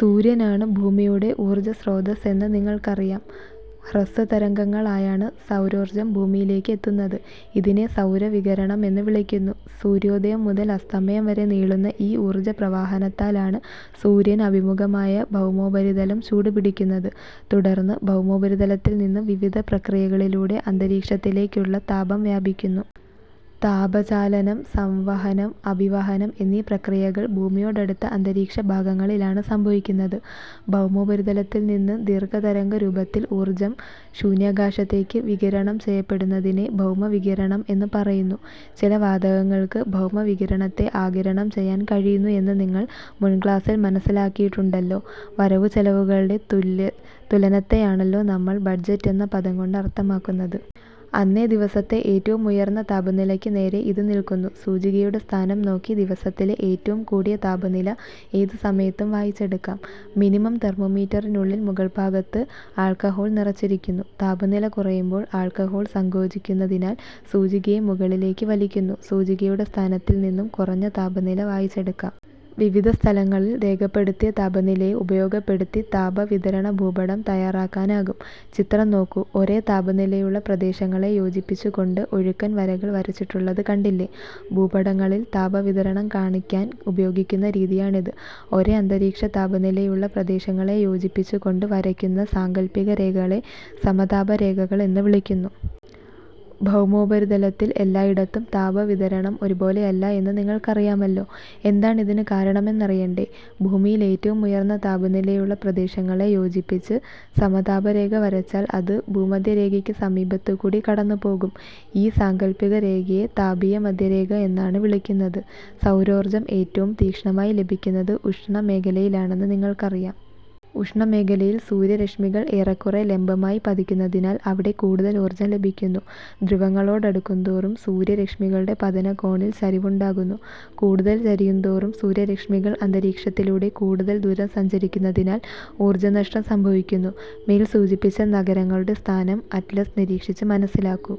സൂര്യനാണ് ഭൂമിയുടെ ഊർജസ്രോതസ്സ് എന്ന് നിങ്ങൾക്കറിയാം. ഹ്രസ്വതരംഗങ്ങളായാണ് സൗരോർജം ഭൂമിയിലേക്ക് എത്തുന്നത്. ഇതിനെ സൗര വികിരണം എന്നു വിളിക്കുന്നു. സൂര്യോദയം മുതൽ അസ്തമയം വരെ നീളുന്ന ഈ ഊർജ പ്രവാഹത്താലാണ് സൂര്യന് അഭിമുഖമായ ഭൗമോപരിതലം ചൂടുപിടിക്കുന്നത്. തുടർന്ന് ഭൗമോപരിതലത്തിൽനിന്ന് വിവിധ പ്രക്രിയകളിലൂടെ അന്തരീക്ഷത്തിലേക്കു താപം വ്യാപിക്കുന്നു. താപചാലനം, സംവഹനം, അഭിവഹനം എന്നീ പ്രക്രിയകൾ ഭൂമിയോടടുത്ത അന്തരീക്ഷഭാഗങ്ങളിലാണ് സംഭവിക്കുന്നത്. ഭൗമോപരിതലത്തിൽനിന്നു ദീർഘതരംഗരൂപത്തിൽ ഊർജം ശൂന്യാകാശത്തേക്ക് വികിരണം ചെയ്യപ്പെടുന്നതിനെ ഭൗമവികിരണം എന്നു പറയുന്നു. ചില വാതകങ്ങൾക്ക് ഭൗമവികിരണത്തെ ആഗിരണം ചെയ്യാൻ കഴിയുന്നു എന്ന് നിങ്ങൾ മുൻക്ലാസിൽ മനസ്സിലാക്കിയിട്ടുണ്ടല്ലോ. വരവുചെലവുകളുടെ തുലനത്തെയാണല്ലോ നമ്മൾ ബജറ്റ് എന്ന പദം കൊണ്ട് അർഥമാക്കുന്നത്. അന്നേ ദിവസത്തെ ഏറ്റവും ഉയർന്ന താപനിലയ്ക്ക് നേരെ ഇത് നിൽക്കുന്നു. സൂചികയുടെ സ്ഥാനം നോക്കി ദിവസത്തിലെ ഏറ്റവും കൂടിയ താപനില ഏത് സമയത്തും വായിച്ചെടുക്കാം. മിനിമം തെർമോ മീറ്ററിനുള്ളിൽ മുകൾഭാഗത്ത് ആൾക്കഹോൾ നിറച്ചിരിക്കുന്നു. താപനില കുറയുമ്പോൾ ആൾക്കഹോൾ സങ്കോചിക്കുന്നതിനാൽ സൂചികയെ മുകളിലേക്ക് വലിക്കുന്നു. സൂചികയുടെ സ്ഥാനത്തിൽ നിന്നു കുറഞ്ഞ താപനില വായിച്ചെടുക്കാം. വിവിധ സ്ഥലങ്ങളിൽ രേഖപ്പെടുത്തിയ താപനിലയെ ഉപയോഗപ്പെടുത്തി താപവിതരണഭൂപടം തയാറാക്കാനാകും. ചിത്രം നോക്കൂ. ഒരേ താപനിലയുള്ള പ്രദേശങ്ങളെ യോജിപ്പിച്ചുകൊണ്ട് ഒഴുക്കൻ വരകൾ വരച്ചിട്ടുള്ളതു കണ്ടില്ലേ? ഭൂപടങ്ങളിൽ താപവിതരണം കാണിക്കാൻ ഉപയോഗിക്കുന്ന രീതിയാണിത്. ഒരേ അന്തരീക്ഷതാപനിലയുള്ള പ്രദേശങ്ങളെ യോജിപ്പിച്ചു കൊണ്ട് വരയ്ക്കുന്ന സാങ്കൽപിക രേഖകളെ സമതാപരേഖകൾ എന്നു വിളിക്കുന്നു. ഭൗമോപരിതലത്തിൽ എല്ലായിടത്തും താപവിതരണം ഒരുപോലെയല്ല എന്നു നിങ്ങൾക്കറിയാ മല്ലോ. എന്താണിതിന് കാരണമെന്നറിയണ്ടേ? ഭൂമിയിൽ ഏറ്റവും ഉയർന്ന താപനിലയുള്ള പ്രദേശങ്ങളെ യോജിപ്പിച്ച് സമതാപരേഖ വരച്ചാൽ അത് ഭൂമധ്യരേഖയ്ക്ക് സമീപത്തുകൂടി കടന്നുപോകും. ഈ സാങ്കൽപ്പിക രേഖയെ താപീയമധ്യരേഖ എന്നാണ് വിളിക്കുന്നത്. സൗരോർജം ഏറ്റവും തീക്ഷ്ണമായി ലഭിക്കുന്നത് ഉഷ്ണ മേഖലയിലാണെന്ന് നിങ്ങൾക്കറിയാം. ഉഷ്ണ മേഖലയിൽ സൂര്യ രശ്മികൾ ഏറക്കുറേ ലംബമായി പതിക്കുന്നതിനാൽ അവിടെ കൂടുതൽ ഊർജം ലഭിക്കുന്നു. ധ്രുവങ്ങളോടടുക്കുന്തോറും സൂര്യ രശ്മികളുടെ പതനകോണിൽ ചരിവുണ്ടാകുന്നു. കൂടുതൽ ചരിയുന്തോറും സൂര്യ രശ്മികൾ അന്തരീക്ഷത്തിലൂടെ കൂടുതൽ ദൂരം സഞ്ചരിക്കുന്നതിനാൽ ഊർജനഷ്ടം സംഭവിക്കുന്നു. മേൽ സൂചിപ്പിച്ച നഗരങ്ങളുടെ സ്ഥാനം അറ്റ്ലസ് നിരീക്ഷിച്ച് മനസ്സിലാക്കൂ.